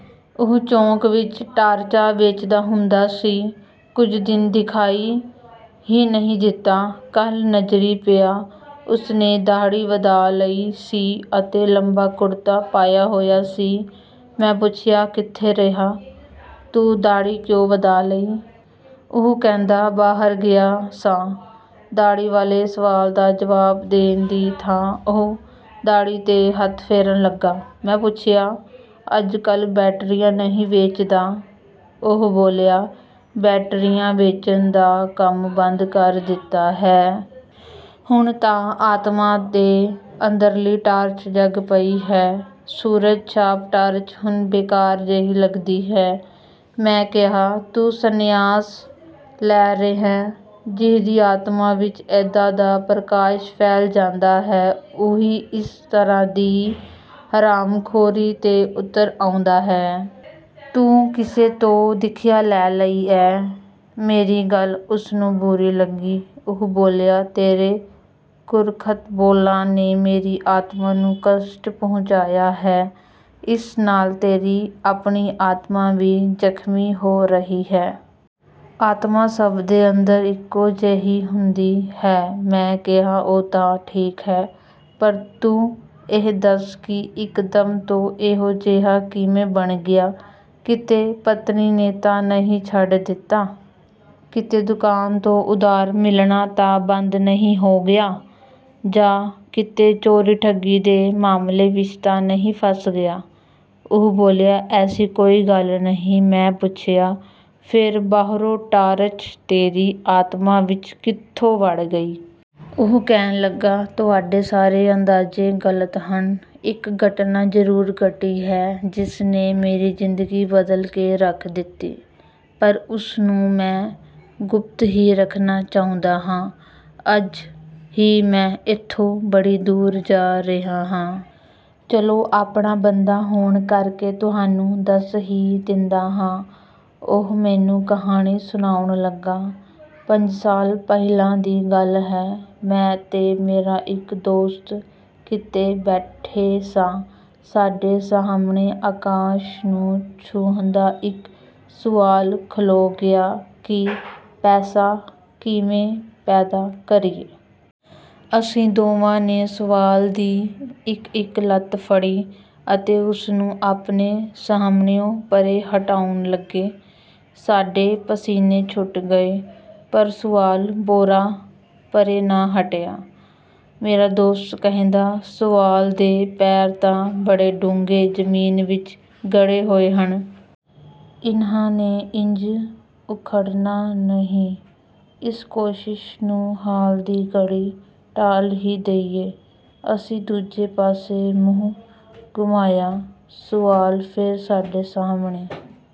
ਉਹ ਚੌਂਕ ਵਿੱਚ ਟਾਰਚਾਂ ਵੇਚਦਾ ਹੁੰਦਾ ਸੀ। ਕੁਝ ਦਿਨ ਦਿਖਾਈ ਹੀ ਨਹੀਂ ਦਿੱਤਾ। ਕੱਲ੍ਹ ਨਜ਼ਰੀਂ ਪਿਆ। ਉਸ ਨੇ ਦਾੜ੍ਹੀ ਵਧਾ ਲਈ ਸੀ ਅਤੇ ਲੰਬਾ ਕੁੜਤਾ ਪਾਇਆ ਹੋਇਆ ਸੀ। ਮੈਂ ਪੁੱਛਿਆ, "ਕਿੱਥੇ ਰਿਹਾ? ਤੂੰ ਦਾੜ੍ਹੀ ਕਿਉਂ ਵਧਾ ਲਈ?" ਉਹ ਕਹਿੰਦਾ, "ਬਾਹਰ ਗਿਆ ਸਾਂ।" ਦਾੜ੍ਹੀ ਵਾਲੇ ਸਵਾਲ ਦਾ ਜਵਾਬ ਦੇਣ ਦੀ ਥਾਂ ਉਹ ਦਾੜ੍ਹੀ 'ਤੇ ਹੱਥ ਫੇਰਨ ਲੱਗਾ। ਮੈਂ ਪੁੱਛਿਆ, "ਅੱਜਕੱਲ੍ਹ ਬੈਟਰੀਆਂ ਨਹੀਂ ਵੇਚਦਾ?" ਉਹ ਬੋਲਿਆ, "ਬੈਟਰੀਆਂ ਵੇਚਣ ਦਾ ਕੰਮ ਬੰਦ ਕਰ ਦਿੱਤਾ ਹੈ। ਹੁਣ ਤਾਂ ਆਤਮਾ ਦੇ ਅੰਦਰਲੀ ਟਾਰਚ ਜਗ ਪਈ ਹੈ। ਸੂਰਜ ਛਾਪ ਟਾਰਚ ਹੁਣ ਬੇਕਾਰ ਜੇਹੀ ਲੱਗਦੀ ਹੈ।" ਮੈਂ ਕਿਹਾ, "ਤੂੰ ਸੰਨਿਆਸ ਲੈ ਰਿਹੈਂ? ਜਿਹਦੀ ਆਤਮਾ ਵਿੱਚ ਐਦਾਂ ਦਾ ਪ੍ਰਕਾਸ਼ ਫੈਲ ਜਾਂਦਾ ਹੈ, ਉਹੀ ਇਸ ਤਰ੍ਹਾਂ ਦੀ ਹਰਾਮਖੋਰੀ 'ਤੇ ਉਤਰ ਆਉਂਦਾ ਹੈ। ਤੂੰ ਕਿਸੇ ਤੋਂ ਦੀਖਿਆ ਲੈ ਲਈ ਏ?" ਮੇਰੀ ਗੱਲ ਉਸ ਨੂੰ ਬੁਰੀ ਲੱਗੀ। ਉਹ ਬੋਲਿਆ, "ਤੇਰੇ ਕੁਰੱਖਤ ਬੋਲਾਂ ਨੇ ਮੇਰੀ ਆਤਮਾ ਨੂੰ ਕਸ਼ਟ ਪਹੁੰਚਾਇਆ ਹੈ। ਇਸ ਨਾਲ ਤੇਰੀ ਆਪਣੀ ਆਤਮਾ ਵੀ ਜ਼ਖਮੀ ਹੋ ਰਹੀ ਹੈ। ਆਤਮਾ ਸਭ ਦੇ ਅੰਦਰ ਇੱਕੋ ਜੇਹੀ ਹੁੰਦੀ ਹੈ।" ਮੈਂ ਕਿਹਾ, "ਉਹ ਤਾਂ ਠੀਕ ਹੈ, ਪਰ ਤੂੰ ਇਹ ਦੱਸ ਕਿ ਇਕਦਮ ਤੂੰ ਇਹੋ ਜਿਹਾ ਕਿਵੇਂ ਬਣ ਗਿਆ? ਕਿਤੇ ਪਤਨੀ ਨੇ ਤਾਂ ਨਹੀਂ ਛੱਡ ਦਿੱਤਾ? ਕਿਤੇ ਦੁਕਾਨ ਤੋਂ ਉਧਾਰ ਮਿਲਣਾ ਤਾਂ ਬੰਦ ਨਹੀਂ ਹੋ ਗਿਆ? ਜਾਂ ਕਿਤੇ ਚੋਰੀ ਠੱਗੀ ਦੇ ਮਾਮਲੇ ਵਿੱਚ ਤਾਂ ਨਹੀਂ ਫਸ ਗਿਆ?" ਉਹ ਬੋਲਿਆ, "ਐਸੀ ਕੋਈ ਗੱਲ ਨਹੀਂ।" ਮੈਂ ਪੁੱਛਿਆ, "ਫੇਰ ਬਾਹਰੋਂ ਟਾਰਚ ਤੇਰੀ ਆਤਮਾ ਵਿੱਚ ਕਿੱਥੋਂ ਵੜ ਗਈ?" ਉਹ ਕਹਿਣ ਲੱਗਾ, "ਤੁਹਾਡੇ ਸਾਰੇ ਅੰਦਾਜ਼ੇ ਗ਼ਲਤ ਹਨ। ਇਕ ਘਟਨਾ ਜ਼ਰੂਰ ਘਟੀ ਹੈ ਜਿਸ ਨੇ ਮੇਰੀ ਜ਼ਿੰਦਗੀ ਬਦਲ ਕੇ ਰੱਖ ਦਿੱਤੀ। ਪਰ ਉਸ ਨੂੰ ਮੈਂ ਗੁਪਤ ਹੀ ਰੱਖਣਾ ਚਾਹੁੰਦਾ ਹਾਂ। ਅੱਜ ਹੀ ਮੈਂ ਇੱਥੋਂ ਬੜੀ ਦੂਰ ਜਾ ਰਿਹਾ ਹਾਂ। ਚੱਲੋ ਆਪਣਾ ਬੰਦਾ ਹੋਣ ਕਰਕੇ ਤੁਹਾਨੂੰ ਦੱਸ ਹੀ ਦਿੰਦਾ ਹਾਂ।" ਉਹ ਮੈਨੂੰ ਕਹਾਣੀ ਸੁਣਾਉਣ ਲੱਗਾ। ਪੰਜ ਸਾਲ ਪਹਿਲਾਂ ਦੀ ਗੱਲ ਹੈ। ਮੈਂ ਤੇ ਮੇਰਾ ਇਕ ਦੋਸਤ ਕਿਤੇ ਬੈਠੇ ਸਾਂ। ਸਾਡੇ ਸਾਹਮਣੇ ਆਕਾਸ਼ ਨੂੰ ਛੂੰਹਦਾ ਇਕ ਸੁਆਲ ਖਲੋ ਗਿਆ ਕਿ "ਪੈਸਾ ਕਿਵੇਂ ਪੈਦਾ ਕਰੀਏ?" ਅਸੀਂ ਦੋਵਾਂ ਨੇ ਸੁਆਲ ਦੀ ਇਕ ਇਕ ਲੱਤ ਫੜੀ ਅਤੇ ਉਸ ਨੂੰ ਆਪਣੇ ਸਾਹਮਣਿਉਂ ਪਰ੍ਹੇ ਹਟਾਉਣ ਲੱਗੇ। ਸਾਡੇ ਪਸੀਨੇ ਛੁੱਟ ਗਏ, ਪਰ ਸੁਆਲ ਭੋਰਾ ਪਰ੍ਹੇ ਨਾ ਹਟਿਆ। ਮੇਰਾ ਦੋਸਤ ਕਹਿੰਦਾ "ਸੁਆਲ ਦੇ ਪੈਰ ਤਾਂ ਬੜੇ ਡੂੰਘੇ ਜ਼ਮੀਨ ਵਿੱਚ ਗੱਡੇ ਹੋਏ ਹਨ। ਇਨ੍ਹਾਂ ਨੇ ਇੰਝ ਉੱਖੜਨਾ ਨਹੀਂ। ਇਸ ਕੋਸ਼ਿਸ਼ ਨੂੰ ਹਾਲ ਦੀ ਘੜੀ ਟਾਲ ਹੀ ਦੇਈਏ।" ਅਸੀਂ ਦੂਜੇ ਪਾਸੇ ਮੂੰਹ ਘੁੰਮਾਇਆ। ਸੁਆਲ ਫੇਰ ਸਾਡੇ ਸਾਹਮਣੇ